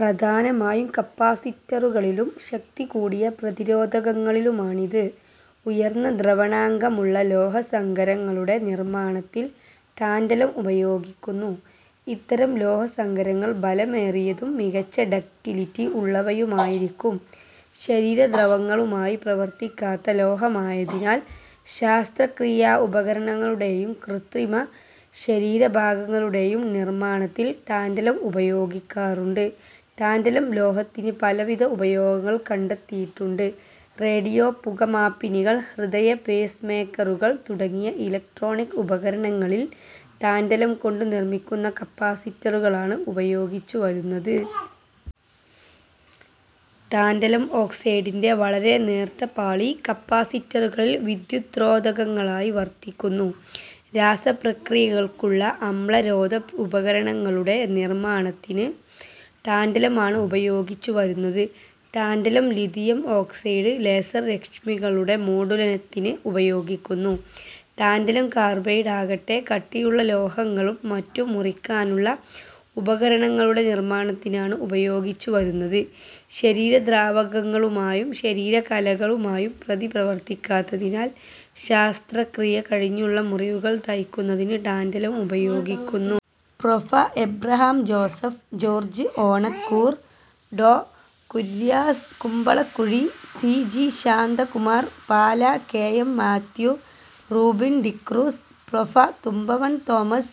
പ്രധാനമായും കപ്പാസിറ്ററുകളിലും ശക്തികൂടിയ പ്രതിരോധകങ്ങളിലുമാണിത്. ഉയർന്ന ദ്രവണാങ്കമുള്ള ലോഹസങ്കരങ്ങളുടെ നിർമ്മാണത്തിൽ ടാന്റലം ഉപയോഗിക്കുന്നു. ഇത്തരം ലോഹസങ്കരങ്ങൾ ബലമേറിയതും മികച്ച ഡക്ടിലിറ്റി ഉള്ളവയുമായിരിക്കും. ശരീരദ്രവങ്ങളുമായി പ്രവർത്തിക്കാത്ത ലോഹമായതിനാൽ ശസ്ത്രക്രീയാ ഉപകരണങ്ങളുടേയും കൃത്രിമ ശരീര ഭാഗങ്ങളുടേയും നിർമ്മാണത്തിൽ ടാന്റലം ഉപയോഗികാറുണ്ട്. ടാന്റലം ലോഹത്തിന് പലവിധ ഉപയോഗങ്ങൾ കണ്ടെത്തിയിട്ടുണ്ട്. റേഡിയോ, പുകമാപിനികൾ, ഹൃദയപേസ്മേക്കറുകൾ തുടങ്ങിയ ഇലക്ട്രോണിക് ഉപകരണങ്ങളിൽ ടാൻടലം കൊണ്ട് നിർമ്മിക്കുന്ന കപ്പാസിറ്ററുകളാണ് ഉപയോഗിച്ചു വരുന്നത്. ടാന്റലം ഓക്സൈഡിന്റെ വളരെ നേർത്ത പാളി കപ്പാസിറ്ററുകളിൽ വിദ്യുത്രോധകങ്ങളായി വർത്തിക്കുന്നു. രാസപ്രക്രിയകൾക്കുള്ള അമ്ലരോധ ഉപകരണങ്ങളുടെ നിർമ്മാണത്തിന് ടാന്റലം ആണ് ഉപയോഗിച്ചു വരുന്നത്. ടാന്റലം-ലിഥിയം ഓക്സൈഡ് ലേസർ രശ്മികളുടെ മോഡുലനത്തിന് ഉപയോഗിക്കുന്നു. ടാന്റലം കാർബൈഡാകട്ടെ കട്ടിയുള്ള ലോഹങ്ങളും മറ്റും മുറിക്കാനുള്ള ഉപകരണങ്ങളുടെ നിർമ്മാണത്തിനാണ് ഉപയോഗിച്ചുവരുന്നത്. ശരീരദ്രാവകങ്ങളുമായും ശരീര കലകളുമായും പ്രതിപ്രവർത്തിക്കാത്തതിനാൽ ശസ്ത്രക്രിയ കഴിഞ്ഞുള്ള മുറിവുകൾ തയ്ക്കുന്നതിന് ടാന്റലം ഉപയോഗിക്കുന്നു. Prof. Abraham Joseph, George Onakkoor, ഡോ. Kurias Kumbalakuzhi, C. G. Shantakumar, Pala K. M. Mathew, Rubin D'Cruz, prof. Thumpamon Thomas,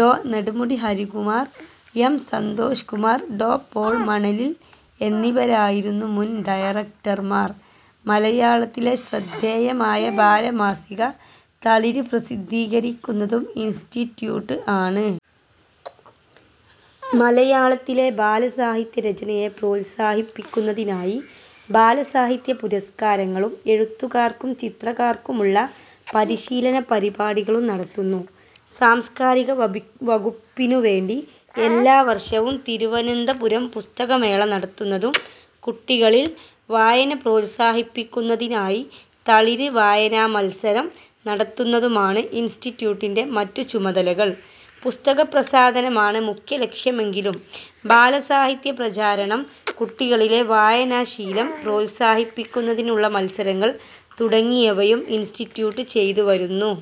ഡോ. നെടുമുടി ഹരികുമാർ, എം സന്തോഷ് കുമാർ, ഡോ. പോൾ മണലിൽ എന്നിവരായിരുന്നു മുൻ ഡയറക്ടർമാർ. മലയാളത്തിലെ ശ്രദ്ധേയമായ ബാലമാസിക തളിര് പ്രസിദ്ധീകരിക്കുന്നതും ഇൻസ്റ്റിറ്റ്യൂട്ട് ആണ്. മലയാളത്തിലെ ബാലസാഹിത്യ രചനയെ പ്രോത്സാഹിപ്പിക്കുന്നതിനായി ബാലസാഹിത്യ പുരസ്കാരങ്ങളും എഴുത്തുകാർക്കും ചിത്രകാർക്കുമുള്ള പരിശീലന പരിപാടികളും നടത്തുന്നു. സാംസ്കാരിക വകുപ്പിനുവേണ്ടി എല്ലാവർഷവും തിരുവനന്തപുരം പുസ്തകമേള നടത്തുന്നതും കുട്ടികളിൽ വായന പ്രോത്സാഹിപ്പിക്കുന്നതിനായി തളിര് വായനാമത്സരം നടത്തുന്നതുമാണു് ഇൻസ്റ്റിറ്റ്യൂട്ടിന്റെ മറ്റു ചുമതലകൾ. പുസ്തകപ്രസാധനമാണ് മുഖ്യലക്ഷ്യമെങ്കിലും ബാലസാഹിത്യ പ്രചാരണം, കുട്ടികളിലെ വായനാശീലം പ്രോത്സാഹിപ്പിക്കുന്നതിനുള്ള മത്സരങ്ങൾ തുടങ്ങിയവയും ഇൻസ്റ്റിറ്റ്യൂട്ട് ചെയ്ത് വരുന്നു.